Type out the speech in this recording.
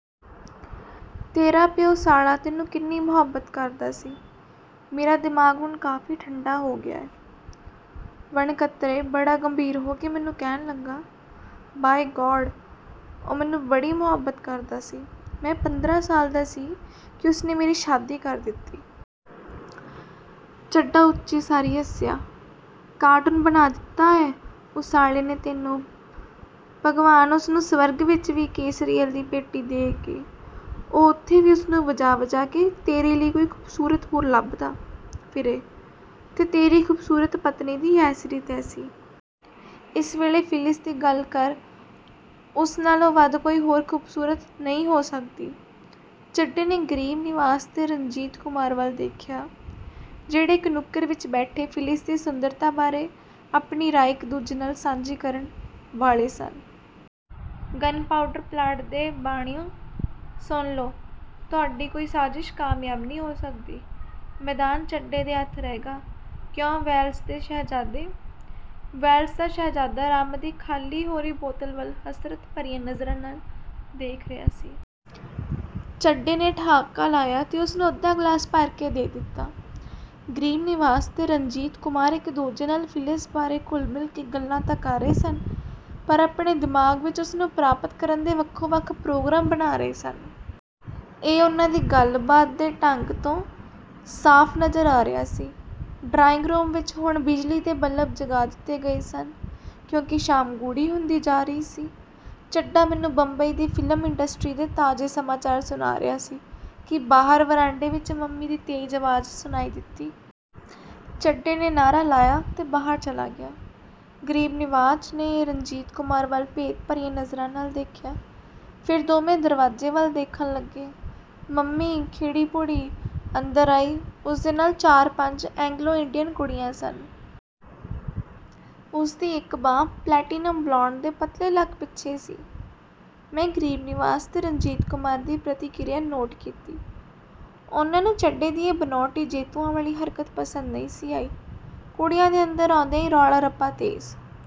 ਤੇਰਾ ਪਿਉ ਸਾਲਾ ਤੈਨੂੰ ਕਿੰਨੀ ਮੁਹੱਬਤ ਕਰਦਾ ਸੀ। ਮੇਰਾ ਦਿਮਾਗ ਹੁਣ ਕਾਫੀ ਠੰਡਾ ਹੋ ਗਿਆ ਏ। "ਵਣਕਤਰੇ ਬੜਾ ਗੰਭੀਰ ਹੋ ਕੇ ਮੈਨੂੰ ਕਹਿਣ ਲੱਗਾ, "ਬਾਈ ਗਾਡ, ਉਹ ਮੈਨੂੰ ਬੜੀ ਮੁਹੱਬਤ ਕਰਦਾ ਸੀ। ਮੈਂ ਪੰਦਰਾਂ ਸਾਲ ਦਾ ਸੀ ਕਿ ਉਸਨੇ ਮੇਰੀ ਸ਼ਾਦੀ ਕਰ ਦਿੱਤੀ। " ਚੱਡਾ ਉੱਚੀ ਸਾਰੀ ਹੱਸਿਆ, "ਕਾਰਟੂਨ ਬਣਾ ਦਿੱਤਾ ਏ ਉਸ ਸਾਲੇ ਨੇ ਤੈਨੂੰ ਭਗਵਾਨ ਉਸਨੂੰ ਸਵਰਗ ਵਿਚ ਵੀ ਕੇਸਰੀਅਲ ਦੀ ਪੇਟੀ ਦਏ ਕਿ ਉਹ ਉੱਥੇ ਵੀ ਉਸਨੂੰ ਵਜਾ-ਵਜਾ ਕੇ ਤੇਰੀ ਲਈ ਕੋਈ ਖ਼ੂਬਸੂਰਤ ਹੂਰ ਲੱਭਦਾ ਫਿਰੇ ਤੇ ਤੇਰੀ ਖੂਬਸੂਰਤ ਪਤਨੀ ਦੀ ਐਸੀ ਦੀ ਤੈਸੀ। ਇਸ ਵੇਲੇ ਫਿਲਿਸ ਦੀ ਗੱਲ ਕਰ ਉਸ ਨਾਲੋਂ ਵੱਧ ਕੋਈ ਹੋਰ ਖ਼ੂਬਸੂਰਤ ਨਹੀਂ ਹੋ ਸਕਦੀ। "ਚੱਡੇ ਨੇ ਗਰੀਬ ਨਿਵਾਜ਼ ਤੇ ਰਣਜੀਤ ਕੁਮਾਰ ਵੱਲ ਦੇਖਿਆ, ਜਿਹੜੇ ਇਕ ਨੁੱਕਰ ਵਿਚ ਬੈਠੇ ਫਿਲਿਸ ਦੀ ਸੁੰਦਰਤਾ ਬਾਰੇ ਆਪਣੀ ਰਾਏ ਇਕ ਦੂਜੇ ਨਾਲ ਸਾਂਝੀ ਕਰਨ ਵਾਲੇ ਸਨ। "ਗਨ ਪਾਊਡਰ ਪਲਾਂਟ ਦੇ ਬਾਣੀਓਂ ਸੁਣ ਲਓ, ਤੁਹਾਡੀ ਕੋਈ ਸਾਜਿਸ਼ ਕਾਮਯਾਬ ਨਹੀਂ ਹੋ ਸਕਦੀ। ਮੈਦਾਨ ਚੱਡੇ ਦੇ ਹੱਥ ਰਹੇਗਾ। ਕਿਉਂ ਵੇਲਜ਼ ਦੇ ਸ਼ਹਿਜ਼ਾਦੇ? " ਵੇਲਜ਼ ਦਾ ਸ਼ਹਿਜ਼ਾਦਾ ਰੰਮ ਦੀ ਖਾਲੀ ਹੋ ਰਹੀ ਬੋਤਲ ਵੱਲ ਹਸਰਤ ਭਰੀਆਂ ਨਜ਼ਰਾਂ ਨਾਲ ਦੇਖ ਰਿਹਾ ਸੀ। ਚੱਡੇ ਨੇ ਠਹਾਕਾ ਲਾਇਆ ਤੇ ਉਸਨੂੰ ਅੱਧਾ ਗ਼ਲਾਸ ਭਰ ਕੇ ਦੇ ਦਿੱਤਾ। ਗਰੀਬ ਨਿਵਾਜ਼ ਤੇ ਰਣਜੀਤ ਕੁਮਾਰ ਇਕ ਦੂਜੇ ਨਾਲ ਫਿਲਿਸ ਬਾਰੇ ਘੁਲ ਮਿਲ ਕੇ ਗੱਲਾਂ ਤਾਂ ਕਰ ਰਹੇ ਸਨ, ਪਰ ਆਪਣੇ ਦਿਮਾਗ ਵਿਚ ਉਸਨੂੰ ਪ੍ਰਾਪਤ ਕਰਨ ਦੇ ਵੱਖੋ-ਵੱਖ ਪ੍ਰੋਗਰਾਮ ਬਣਾ ਰਹੇ ਸਨ। ਇਹ ਉਹਨਾਂ ਦੀ ਗੱਲਬਾਤ ਦੇ ਢੰਗ ਤੋਂ ਸਾਫ ਨਜ਼ਰ ਆ ਰਿਹਾ ਸੀ। ਡਰਾਇੰਗ ਰੂਮ ਵਿਚ ਹੁਣ ਬਿਜਲੀ ਦੇ ਬਲਬ ਜਗਾ ਦਿੱਤੇ ਗਏ ਸਨ, ਕਿਉਂਕਿ ਸ਼ਾਮ ਗੂੜ੍ਹੀ ਹੁੰਦੀ ਜਾ ਰਹੀ ਸੀ। ਚੱਡਾ ਮੈਨੂੰ ਬੰਬਈ ਦੀ ਫ਼ਿਲਮ ਇੰਡਸਟਰੀ ਦੇ ਤਾਜ਼ੇ ਸਮਾਚਾਰ ਸੁਣਾ ਰਿਹਾ ਸੀ ਕਿ ਬਾਹਰ ਵਰਾਂਡੇ ਵਿਚ ਮੰਮੀ ਦੀ ਤੇਜ਼ ਆਵਾਜ਼ ਸੁਣਾਈ ਦਿੱਤੀ। ਚੱਡੇ ਨੇ ਨਾਅਰਾ ਲਾਇਆ ਤੇ ਬਾਹਰ ਚਲਾ ਗਿਆ। ਗਰੀਬ ਨਿਵਾਜ਼ ਨੇ ਰਣਜੀਤ ਕੁਮਾਰ ਵੱਲ ਭੇਤ-ਭਰੀਆਂ ਨਜ਼ਰਾਂ ਨਾਲ ਦੇਖਿਆ। ਫੇਰ ਦੋਵੇਂ ਦਰਵਾਜ਼ੇ ਵੱਲ ਦੇਖਣ ਲੱਗੇ। ਮੰਮੀ ਖਿੜੀ-ਪੁੜੀ ਅੰਦਰ ਆਈ। ਉਸ ਦੇ ਨਾਲ ਚਾਰ ਪੰਜ ਐਂਗਲੋ ਇੰਡੀਅਨ ਕੁੜੀਆਂ ਸਨ। ਉਸਦੀ ਇਕ ਬਾਂਹ ਪਲੇਟੀਨਮ-ਬਲੌਂਡ ਦੇ ਪਤਲੇ ਲੱਕ ਪਿੱਛੇ ਸੀ। ਮੈਂ ਗਰੀਬ ਨਿਵਾਜ਼ ਤੇ ਰਣਜੀਤ ਕੁਮਾਰ ਦੀ ਪ੍ਰਤੀਕ੍ਰਿਆ ਨੋਟ ਕੀਤੀ। ਉਹਨਾਂ ਨੂੰ ਚੱਡੇ ਦੀ ਇਹ ਬਨਾਉਟੀ ਜੈਤੂਆਂ ਵਾਲੀ ਹਰਕਤ ਪਸੰਦ ਨਹੀਂ ਸੀ ਆਈ। ਕੁੜੀਆਂ ਦੇ ਅੰਦਰ ਆਉਂਦਿਆਂ ਹੀ ਰੌਲਾ-ਰੱਪਾ ਤੇਜ਼